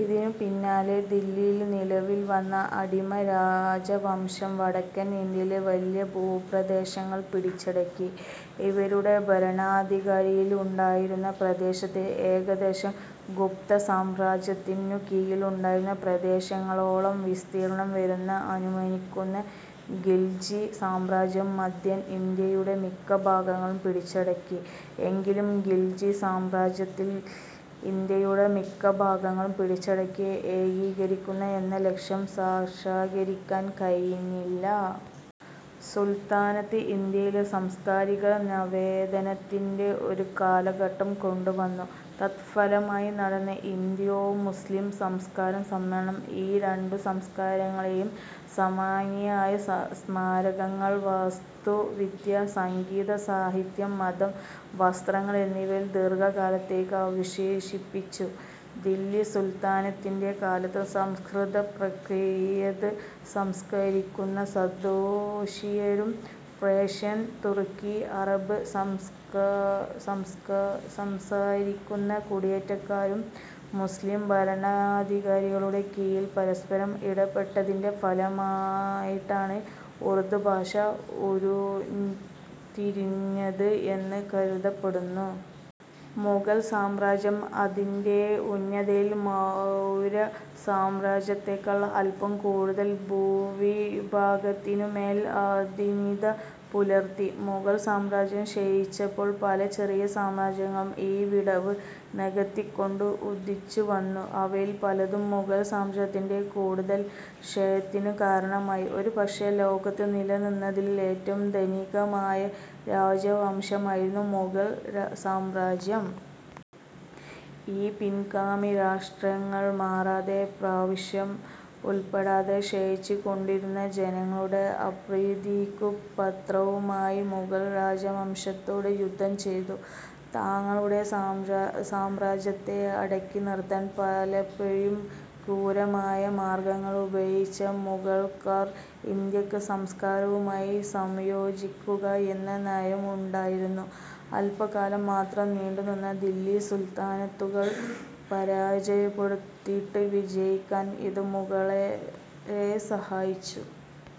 ഇതിനു പിന്നാലെ ദില്ലിയിൽ നിലവിൽ വന്ന അടിമ രാജവംശം വടക്കേ ഇന്ത്യയിലെ വലിയ ഭൂപ്രദേശങ്ങൾ പിടിച്ചടക്കി. ഇവരുടെ ഭരണാധികാരത്തിലുണ്ടായിരുന്ന പ്രദേശത്തിന് ഏകദേശം ഗുപ്തസാമ്രാജ്യത്തിനു കീഴിൽ ഉണ്ടായിരുന്ന പ്രദേശങ്ങളോളം വിസ്തീർണ്ണം വരുമെന്ന് അനുമാനിക്കുന്നു. ഖിൽജി സാമ്രാജ്യവും മദ്ധ്യ ഇന്ത്യയുടെ മിക്ക ഭാഗങ്ങളും പിടിച്ചടക്കി. എങ്കിലും ഖിൽജി സാമ്രാജ്യത്തിന് ഇന്ത്യയുടെ മിക്ക ഭാഗങ്ങളും പിടിച്ചടക്കി ഏകീകരിക്കുക എന്ന ലക്ഷ്യം സാക്ഷാത്കരിക്കാൻ കഴിഞ്ഞില്ല. സുൽത്താനത്ത് ഇന്ത്യയിൽ സാംസ്കാരിക നവോത്ഥാനത്തിന്റെ ഒരു കാലഘട്ടം കൊണ്ടുവന്നു. തത്ഫലമായി നടന്ന "ഇന്തോ-മുസ്ലീം" സംസ്കാര സമ്മേളനം ഈ രണ്ടു സംസ്കാരങ്ങളുടെയും സമന്വയ സ്മാരകങ്ങൾ വാസ്തുവിദ്യ, സംഗീതം, സാഹിത്യം, മതം, വസ്ത്രങ്ങൾ എന്നിവയിൽ ദീർഘകാലത്തേയ്ക്ക് അവശേഷിപ്പിച്ചു. ദില്ലി സുൽത്താനത്തിന്റെ കാലത്ത് സംസ്കൃത പ്രാക്രിത് സംസാരിക്കുന്ന തദ്ദേശീയരും പേർഷ്യൻ, തുർക്കി, അറബ് സംസാരിക്കുന്ന കുടിയേറ്റക്കാരും മുസ്ലീം ഭരണാധികാരികളുടെ കീഴിൽ പരസ്പരം ഇടപെട്ടതിന്റെ ഫലമായിട്ടാണ് ഉർദ്ദു ഭാഷ ഉരുത്തിരിഞ്ഞത് എന്ന് കരുതപ്പെടുന്നു.. മുഗൾ സാമ്രാജ്യം അതിന്റെ ഉന്നതിയിൽ മൗര്യ സാമ്രാജ്യത്തെക്കാൾ അല്പം കൂടുതൽ ഭൂവിഭാഗത്തിനുമേൽ അധീനത പുലർത്തി. മുഗൾ സാമ്രാജ്യം ക്ഷയിച്ചപ്പോൾ പല ചെറിയ സാമ്രാജ്യങ്ങളും ഈ വിടവ് നികത്തിക്കൊണ്ട് ഉദിച്ചുവന്നു. അവയിൽ പലതും മുഗൾ സാമ്രാജ്യത്തിന്റെ കൂടുതൽ ക്ഷയത്തിനു കാരണമായി. ഒരുപക്ഷേ ലോകത്ത് നിലനിന്നതിൽ ഏറ്റവും ധനികമായ രാജവംശമായിരിക്കാം മുഗൾ സാമ്രാജ്യം. ഈ പിൻഗാമി രാഷ്ട്രങ്ങൾ, മറാത്ത പ്രവിശ്യ ഉൾപ്പെടെ ക്ഷയിച്ചുകൊണ്ടിരുന്നതും ജനങ്ങളുടെ അപ്രീതിയ്ക്കു പാത്രവുമായ മുഗൾ രാജവംശത്തോട് യുദ്ധം ചെയ്തു. തങ്ങളുടെ സാമ്രാജ്യത്തെ അടക്കിനിറുത്താൻ പലപ്പൊഴും ക്രൂരമായ മാർഗ്ഗങ്ങൾ ഉപയോഗിച്ച മുഗളർക്ക് ഇന്ത്യൻ സംസ്കാരവുമായി സംയോജിക്കുക എന്ന നയമുണ്ടായിരുന്നു. അല്പകാലം മാത്രം നീണ്ടുനിന്ന ദില്ലി സുൽത്താനത്തുകൾ പരാജയപ്പെട്ടിടത്ത് വിജയിക്കാൻ ഇത് മുഗളരെ സഹായിച്ചു.